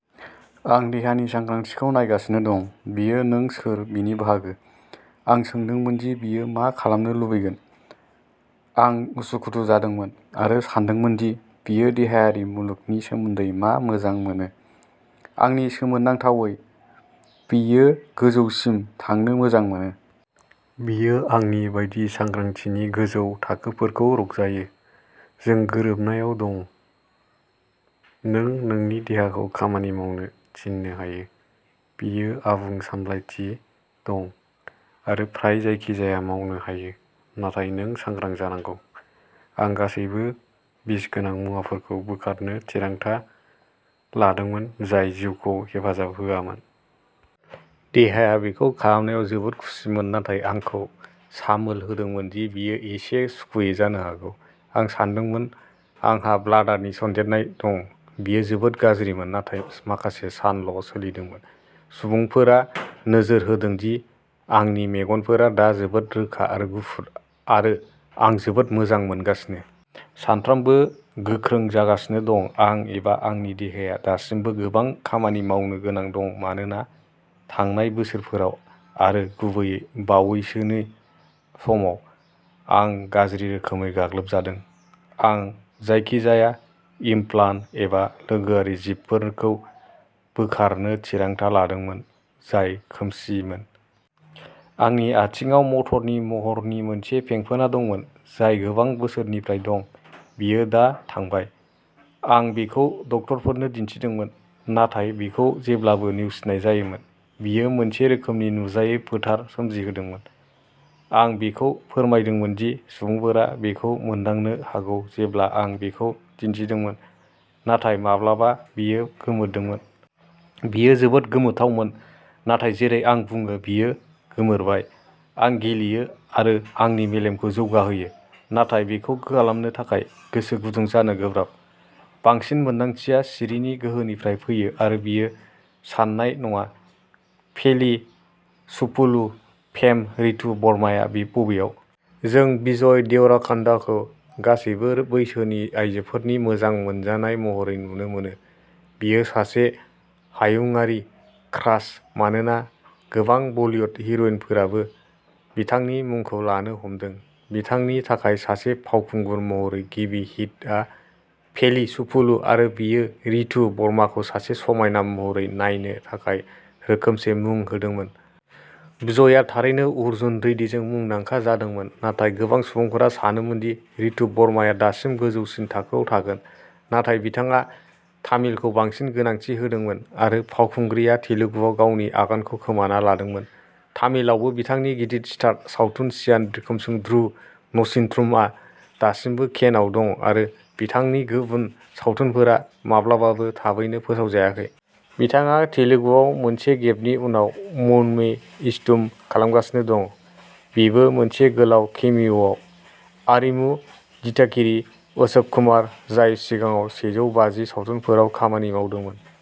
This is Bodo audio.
आं देहानि सांग्रांथिखौ नायगासिनो दं। बियो नों सोर बेनि बाहागो। आं सोंदोंमोन दि बियो मा खालामनो लुबैगोन। आं उसुखुथु जादोंमोन आरो सानदोंमोन दि बियो देहायारि मुलुगनि सोमोन्दै मा मोजां मोनो। आंनि सोमोनांथावै बियो गोजौसिम थांनो मोजां मोनो। बियो आंनि बायदि सांग्रांथिनि गोजौ थाखोफोरखौ रंजायो। जों गोरोबनायाव दं। नों नोंनि देहाखौ खामानि मावनो थिननो हायो, बियो आबुं सामलायथि दं आरो फ्राय जायखिजाया मावनो हायो नाथाय नों सांग्रां जानांगौ। आं गासैबो बिसगोनां मुवाफोरखौ बोखारनो थिरांथा लादोंमोन जाय जिउखौ हेफाजाब होआमोन। देहाया बेखौ खालामनायाव जोबोद खुसिमोन नाथाय आंखौ सामोल होदोंमोन दि बेयो एसे सुखुयै जानो हागौ। आं सानदोंमोन आंहा ब्लाडारनि सन्देरनाय दं। बेयो जोबोद गाज्रिमोन नाथाय माखासे सानल' सोलिदोंमोन। सुबुंफोरा नोजोर होदों दि आंनि मेगनफोरा दा जोबोद रोखा आरो गुफुर आरो आं जोबोद मोजां मोनगासिनो। सानफ्रोमबो गोख्रोंसिन जागासिनो दं। आं एबा आंनि देहाया दासिमबो गोबां खामानि मावनो गोनां दं मानोना थांनाय बोसोरफोराव आरो गुबैयै बावैसोनि समाव आं गाज्रि रोखोमै गाग्लोबजादों। आं जायखिजाया इमप्लान्ट एबा लोगोआरि जिबफोरखौ बोखारनो थिरांथा लादोंमोन, जाय खोमसिमोन। आंनि आथिंआव मटरनि महरनि मोनसे फेंफोना दंमोन, जाय गोबां बोसोरनिफ्राय दं, बेयो दा थांबाय। आं बेखौ डक्टरफोरनो दिन्थिदोंमोन। नाथाय बेखौ जेब्लाबो नेवसिनाय जायोमोन। बेयो मोनसे रोखोमनि नुजायै फोथार सोमजिहोदोंमोन। आं बेखौ फोरमायदोंमोन दि सुबुंफोरा बेखौ मोनदांनो हागौ जेब्ला आं बेखौ दिन्थिदोंमोन, नाथाय माब्लाबा बेयो गोमोरदोंमोन। बेयो जोबोद गोमोथावमोन, नाथाय जेरै आं बुङो बेयो गोमोरबाय। आं गेलेयो आरो आंनि मेलेमखौ जौगाहोयो, नाथाय बेखौ खालामनो थाखाय गोसो गुदुं जानो गोब्राब। बांसिन मोन्दांथिया सिरिनि गोहोनिफ्राय फैयो आरो बेयो साननाय नङा। पेलि चुपुलु फेम रितु वर्माआ बि बबेयाव? जों विजय देवराकन्डाखौ गासैबो बैसोनि आइजोफोरनि मोजां मोनजानाय महरै नुनो मोनो। बियो सासे हायुंआरि क्रास मानोना गोबां बलीवुड हिर'इनफोराबो बिथांनि मुंखौ लानो हमदों। बिथांनि थाखाय सासे फावखुंगुर महरै गिबि हिटआ पेलि चुपुलु आरो बेयो रितु वर्माखौ सासे समायना महरै नायनो थाखाय रोखोमसे मुं होदोंमोन। विजयआ थारैनो अर्जुन रेड्डीजों मुंदांखा जादोंमोन नाथाय गोबां सुबुंफोरा सानोमोन दि रितु वर्माया दासिम गोजौसिन थाखोआव थागोन। नाथाय बिथाङा तामिलखौ बांसिन गोनांथि होदोंमोन आरो फावखुंग्रिआ तेलुगुआव गावनि आगानखौ खोमाना लादोंमोन। तामिलआवबो बिथांनि गिदिर स्टार सावथुन चियान बिक्रमजों ध्रुव नचित्रमआ दासिमबो केनआव दं आरो बिथांनि गुबुन सावथुनफोरा माब्लाबाबो थाबैनो फोसावजायाखै। बिथाङा तेलुगुआव मोनसे गेपनि उनाव "मौनमे इष्टम" खालामगासिनो दं। बेबो मोनसे गोलाव केमिय'आव। आरिमु दिथागिरि अशोक कुमार, जाय सिगाङाव सेजौ बाजि सावथुनफोराव खामानि मावदोंमोन।